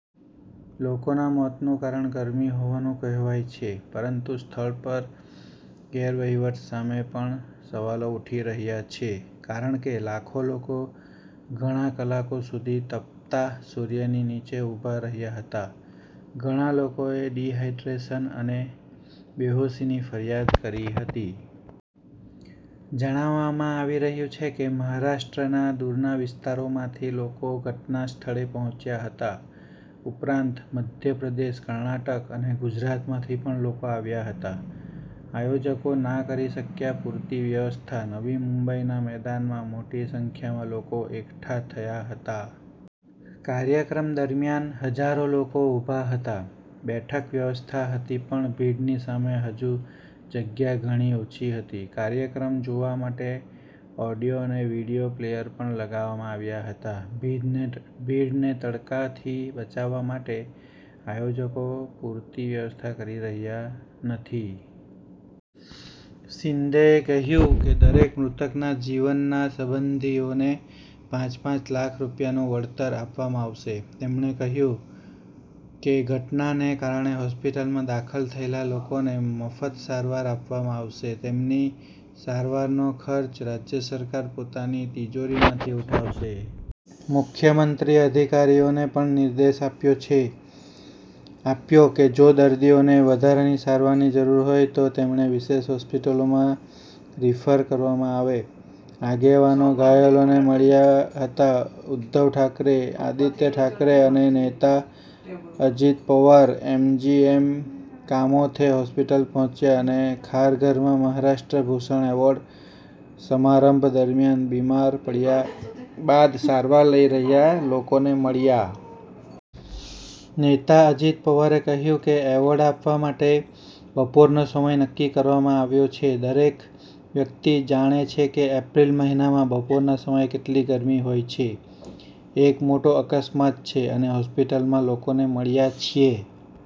લોકોના મોતનું કારણ ગરમી હોવાનું કહેવાય છે. પરંતુ સ્થળ પર ગેરવહીવટ સામે પણ સવાલો ઉઠી રહ્યા છે. કારણ કે લાખો લોકો ઘણા કલાકો સુધી તપતા સૂર્યની નીચે ઉભા રહ્યા હતા. ઘણા લોકોએ ડિહાઇડ્રેશન અને બેહોશીની ફરિયાદ કરી હતી. જણાવવામાં આવી રહ્યું છે કે મહારાષ્ટ્રના દૂરના વિસ્તારોમાંથી લોકો ઘટનાસ્થળે પહોંચ્યા હતા. ઉપરાંત મધ્યપ્રદેશ, કર્ણાટક અને ગુજરાતમાંથી પણ લોકો આવ્યા હતા. આયોજકો ના કરી શક્યા પૂરતી વ્યવસ્થા નવી મુંબઈના મેદાનમાં મોટી સંખ્યામાં લોકો એકઠા થયા હતા. કાર્યક્રમ દરમિયાન હજારો લોકો ઉભા હતા. બેઠક વ્યવસ્થા હતી પણ ભીડની સામે હજુ જગ્યા ઘણી ઓછી હતી. કાર્યક્રમ જોવા માટે ઓડિયો અને વીડિયો પ્લેયર પણ લગાવવામાં આવ્યા હતા. ભીડને તડકાથી બચાવવા માટે આયોજકો પૂરતી વ્યવસ્થા કરી શક્યા નથી. શિંદેએ કહ્યું કે દરેક મૃતકના નજીકના સંબંધીઓને પાંચ-પાંચ લાખ રૂપિયાનું વળતર આપવામાં આવશે. તેમણે કહ્યું કેઘટનાને કારણે હોસ્પિટલમાં દાખલ થયેલા લોકોને મફત સારવાર આપવામાં આવશે. તેમની સારવારનો ખર્ચ રાજ્ય સરકાર પોતાની તિજોરીમાંથી ઉઠાવશે. મુખ્યમંત્રીએ અધિકારીઓને પણ નિર્દેશ આપ્યો કે જો દર્દીઓને વધારાની સારવારની જરૂર હોય તો તેમને વિશેષ હોસ્પિટલોમાં રીફર કરવામાં આવે. આગેવાનો ઘાયલોને મળ્યા હતા ઉદ્ધવ ઠાકરે, આદિત્ય ઠાકરે અને નેતા અજિત પવાર એમજીએમ કામોથે હોસ્પિટલ પહોંચ્યા અને ખારઘરમાં મહારાષ્ટ્ર ભૂષણ એવોર્ડ સમારંભ દરમિયાન બીમાર પડ્યા બાદ સારવાર લઈ રહેલા લોકોને મળ્યા. નેતા અજિત પવારે કહ્યું કે એવોર્ડ આપવા માટે બપોરનો સમય નક્કી કરવામાં આવ્યો છે. દરેક વ્યક્તિ જાણે છે કે એપ્રિલ મહિનામાં બપોરના સમયે કેટલી ગરમી હોય છે. એક મોટો અકસ્માત છે, અમે હોસ્પિટલમાં લોકોને મળ્યા છીએ.